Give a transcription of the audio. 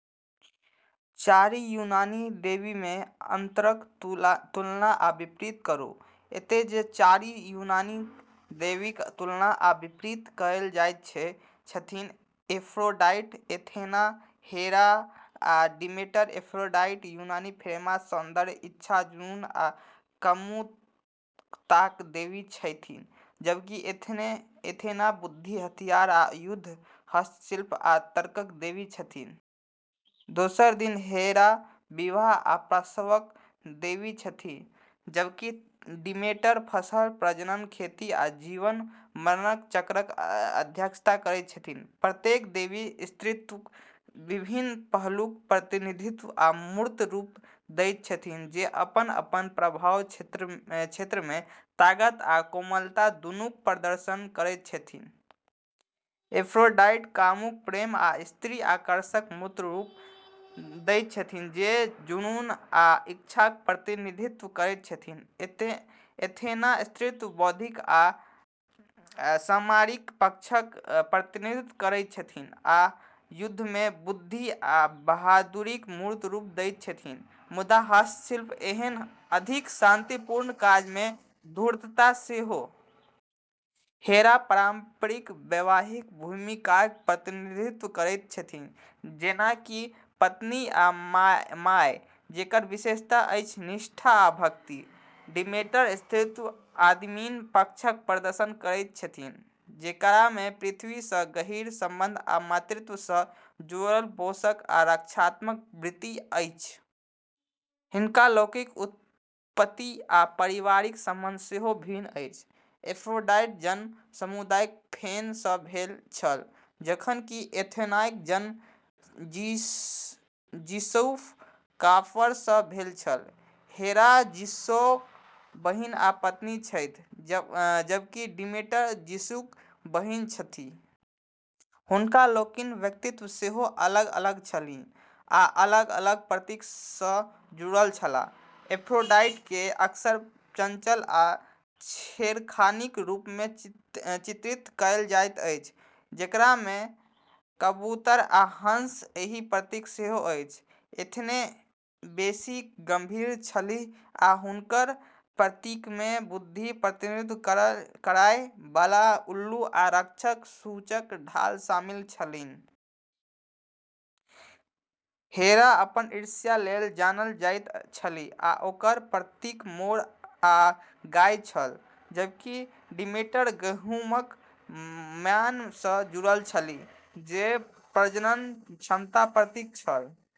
चारि यूनानी देवीमे अंतरक तुलना आ विपरीत करू। एतय जे चारि यूनानी देवीक तुलना आ विपरीत कएल जायत से छथि एफ्रोडाइट, एथेना, हेरा आ डिमेटर। एफ्रोडाइट यूनानी प्रेम, सौन्दर्य, इच्छा, जुनून, आ कामुकताक देवी छथि, जबकि एथेना बुद्धि, हथियार आ युद्ध, हस्तशिल्प आ तर्कक देवी छथि। दोसर दिस हेरा विवाह आ प्रसवक देवी छथि, जबकि डिमेटर फसल, प्रजनन, खेती आ जीवन-मरणक चक्रक अध्यक्षता करैत छथि। प्रत्येक देवी स्त्रीत्वक विभिन्न पहलूक प्रतिनिधित्व आ मूर्त रूप दैत छथि, जे अपन-अपन प्रभाव क्षेत्रमे ताकत आ कोमलता दुनूक प्रदर्शन करैत छथि। एफ्रोडाइट कामुक प्रेम आ स्त्री आकर्षणक मूर्त रूप दैत छथि, जे जुनून आ इच्छाक प्रतिनिधित्व करैत छथि। एथेना, स्त्रीत्वक बौद्धिक आ सामरिक पक्षक प्रतिनिधित्व करैत छथि, आ युद्धमे बुद्धि आ बहादुरीक मूर्त रूप दैत छथि, मुदा हस्तशिल्प एहन अधिक शांतिपूर्ण काजमे धूर्तता सेहो। हेरा पारंपरिक वैवाहिक भूमिकाक प्रतिनिधित्व करैत छथि, जेना कि पत्नी आ माय, जेकर विशेषता अछि निष्ठा आ भक्ति। डिमेटर स्त्रीत्वक आदिम पक्षक प्रदर्शन करैत छथि, जेकरामे पृथ्वी सँ गहींर संबंध आ मातृत्व सँ जुड़ल पोषण आ रक्षात्मक वृत्ति अछि। हिनका लोकनिक उत्पत्ति आ पारिवारिक संबंध सेहो भिन्न अछि। एफ्रोडाइटक जन्म समुद्रक फेन सँ भेल छल, जखन कि एथेनाक जन्म ज़ीउसक कपार सँ भेल छल। हेरा ज़ीउसक बहिन आ पत्नी छथि, जबकि डिमेटर ज़ीउसक बहिन छथि। हुनका लोकनिक व्यक्तित्व सेहो अलग-अलग छलनि आ अलग-अलग प्रतीक सँ जुड़ल छलाह। एफ्रोडाइटकेँ अक्सर चंचल आ छेड़खानीक रूपमे चित्रित कएल जाइत अछि, जेकरामे कबूतर आ हंस एहन प्रतीक सेहो अछि। एथेना बेसी गंभीर छलीह, आ हुनकर प्रतीकमे बुद्धिक प्रतिनिधित्व करय बला उल्लू आ रक्षाक सूचक ढाल शामिल छलनि। हेरा अपन ईर्ष्या लेल जानल जाइत छलीह आ ओकर प्रतीक मोर आ गाय छल, जबकि डिमेटर गहूमक म्यान सँ जुड़ल छलीह, जे प्रजनन क्षमताक प्रतीक छल।